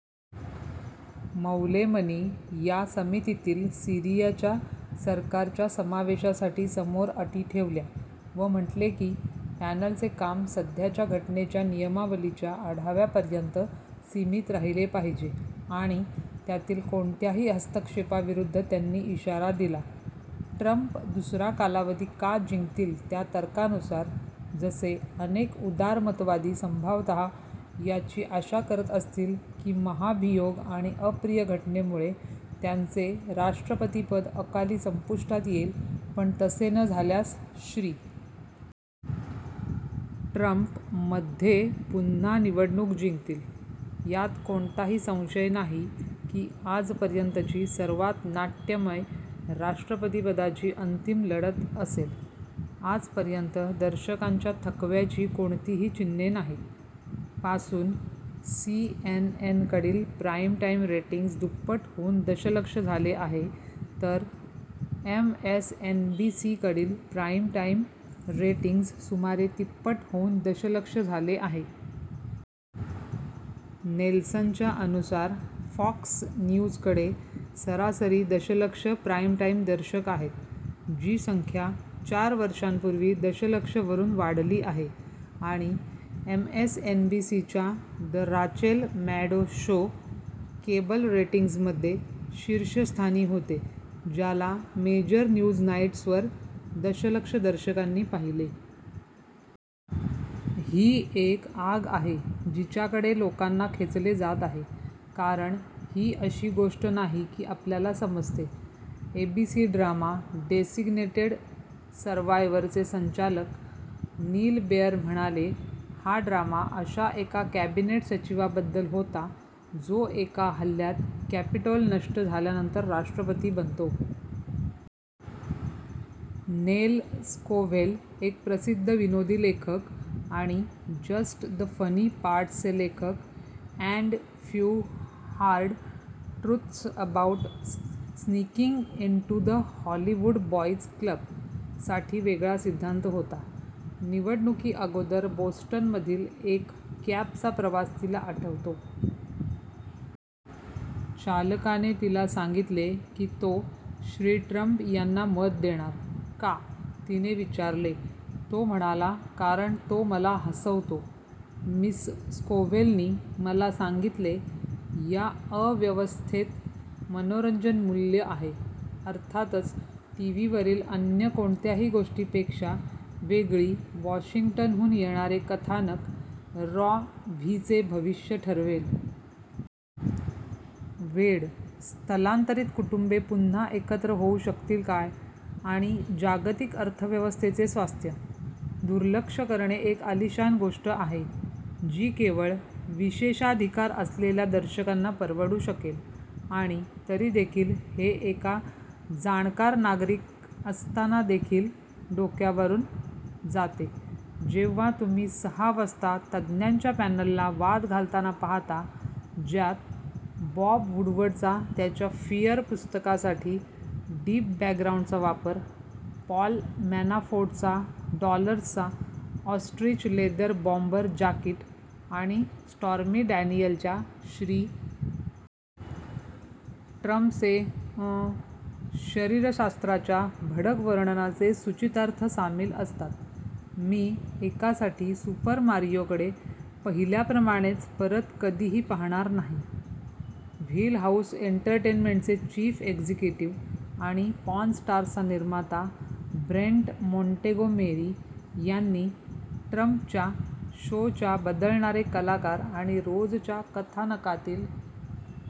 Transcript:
मौलेमनी या समितीतील सीरियाच्या सरकारच्या समावेशासाठी समोर अटी ठेवल्या, व म्हटले की पॅनलचे काम सध्याच्या घटनेच्या नियमावलीच्या आढाव्यापर्यंत सीमित राहिले पाहिजे आणि त्यातील कोणत्याही हस्तक्षेपाविरुद्ध त्यांनी इशारा दिला. ट्रम्प दुसरा कालावधी का जिंकतील त्या तर्कानुसार, जसे अनेक उदारमतवादी संभवतः याची आशा करत असतील की महाभियोग आणि अप्रिय घटनेमुळे त्यांचे राष्ट्रपतीपद अकाली संपुष्टात येईल, पण तसे न झाल्यास, श्री. ट्रम्प मध्ये पुन्हा निवडणूक जिंकतील. यात कोणताही संशय नाही की "आजपर्यंतची सर्वात नाट्यमय राष्ट्रपतीपदाची अंतिम लढत असेल! " आजपर्यंत, दर्शकांच्या थकव्याची कोणतीही चिन्हे नाहीत. पासून, सीएनएनकडील प्राईम-टाईम रेटिंग्ज दुप्पट होऊन दशलक्ष झाले आहे, तर एमएसएनबीसीकडील प्राईम-टाईम रेटिंग्ज सुमारे तिप्पट होऊन दशलक्ष झाले आहे. नेल्सनच्या अनुसार, फॉक्स न्यूजकडे सरासरी दशलक्ष प्राईम-टाईम दर्शक आहेत, जी संख्या चार वर्षांपूर्वी दशलक्षवरून वाढली आहे, आणि एमएसएनबीसीच्या "the Rachel Maddow show" cable रेटिंग्जमध्ये शीर्षस्थानी होते, ज्याला मेजर न्यूज नाईट्सवर दशलक्ष दर्शकांनी पाहिले. "ही एक आग आहे जिच्याकडे लोकांना खेचले जात आहे, कारण ही अशी गोष्ट नाही की आपल्याला समजते," एबीसी ड्रामा "डेसिग्नेटेड सर्वायवर"चे संचालक नील बेअर म्हणाले. हा ड्रामा अशा एका कॅबिनेट सचिवाबद्दल होता, जो एका हल्ल्यात कॅपिटोल नष्ट झाल्यानंतर राष्ट्रपती बनतो. नेल स्कोव्हेल, एक प्रसिद्ध विनोदी लेखक आणि "जस्ट द फनी पार्ट्स चे लेखक: and few hard truths about sneaking into the Hollywood boys" club," साठी वेगळा सिद्धांत होता. निवडणुकीअगोदर बोस्टनमधील एक कॅबचा प्रवास तिला आठवतो. चालकाने तिला सांगितले की तो श्री. ट्रम्प यांना मत देणार. का? तिने विचारले. "तो म्हणाला, "कारण तो मला हसवतो," मिस स्कोव्हेलनी मला सांगितले. या अव्यवस्थेत मनोरंजन मूल्य आहे. अर्थातच, टीव्हीवरील अन्य कोणत्याही गोष्टीपेक्षा वेगळी, वाशिंग्टनहून येणारे कथानक रॉ व्हीचे भविष्य ठरवेल. वेड, स्थलांतरित कुटुंबे पुन्हा एकत्र होऊ शकतील काय आणि जागतिक अर्थव्यवस्थेचे स्वास्थ्य. दुर्लक्ष करणे एक आलीशान गोष्ट आहे, जी केवळ विशेषाधिकार असलेल्या दर्शकांना परवडू शकेल. आणि तरी देखील, हे एका जाणकार नागरिक असताना देखील डोक्यावरून जाते, जेव्हा तुम्ही सहा वाजता तज्ज्ञांच्या पॅनलला वाद घालताना पाहता, ज्यात बॉब वूडवर्डचा त्याच्या "फियर" पुस्तकासाठी "डीप बॅकग्राउंड"चा वापर, पॉल मॅनाफोर्टचा डॉलर्सचा ऑस्ट्रिच-लेदर बॉम्बर जाकीट आणि स्टॉर्मी डॅनियलच्या श्री. ट्रम्पचे, अं, शरीरशास्त्राच्या भडक वर्णनाचे सूचितार्थ सामील असतात. मी, एकासाठी, सुपर मारियोकडे पहिल्याप्रमाणेच परत कधीही पाहणार नाही. "व्हीलहाऊस एंटरटेनमेंटचे चीफ एक्झिक्युटिव्ह आणि "पॉन स्टार्स"चा निर्माता ब्रेंट मोंटेगो मेरी यांनी ट्रम्पच्या शोच्या बदलणारे कलाकार आणि रोजच्या कथानकातील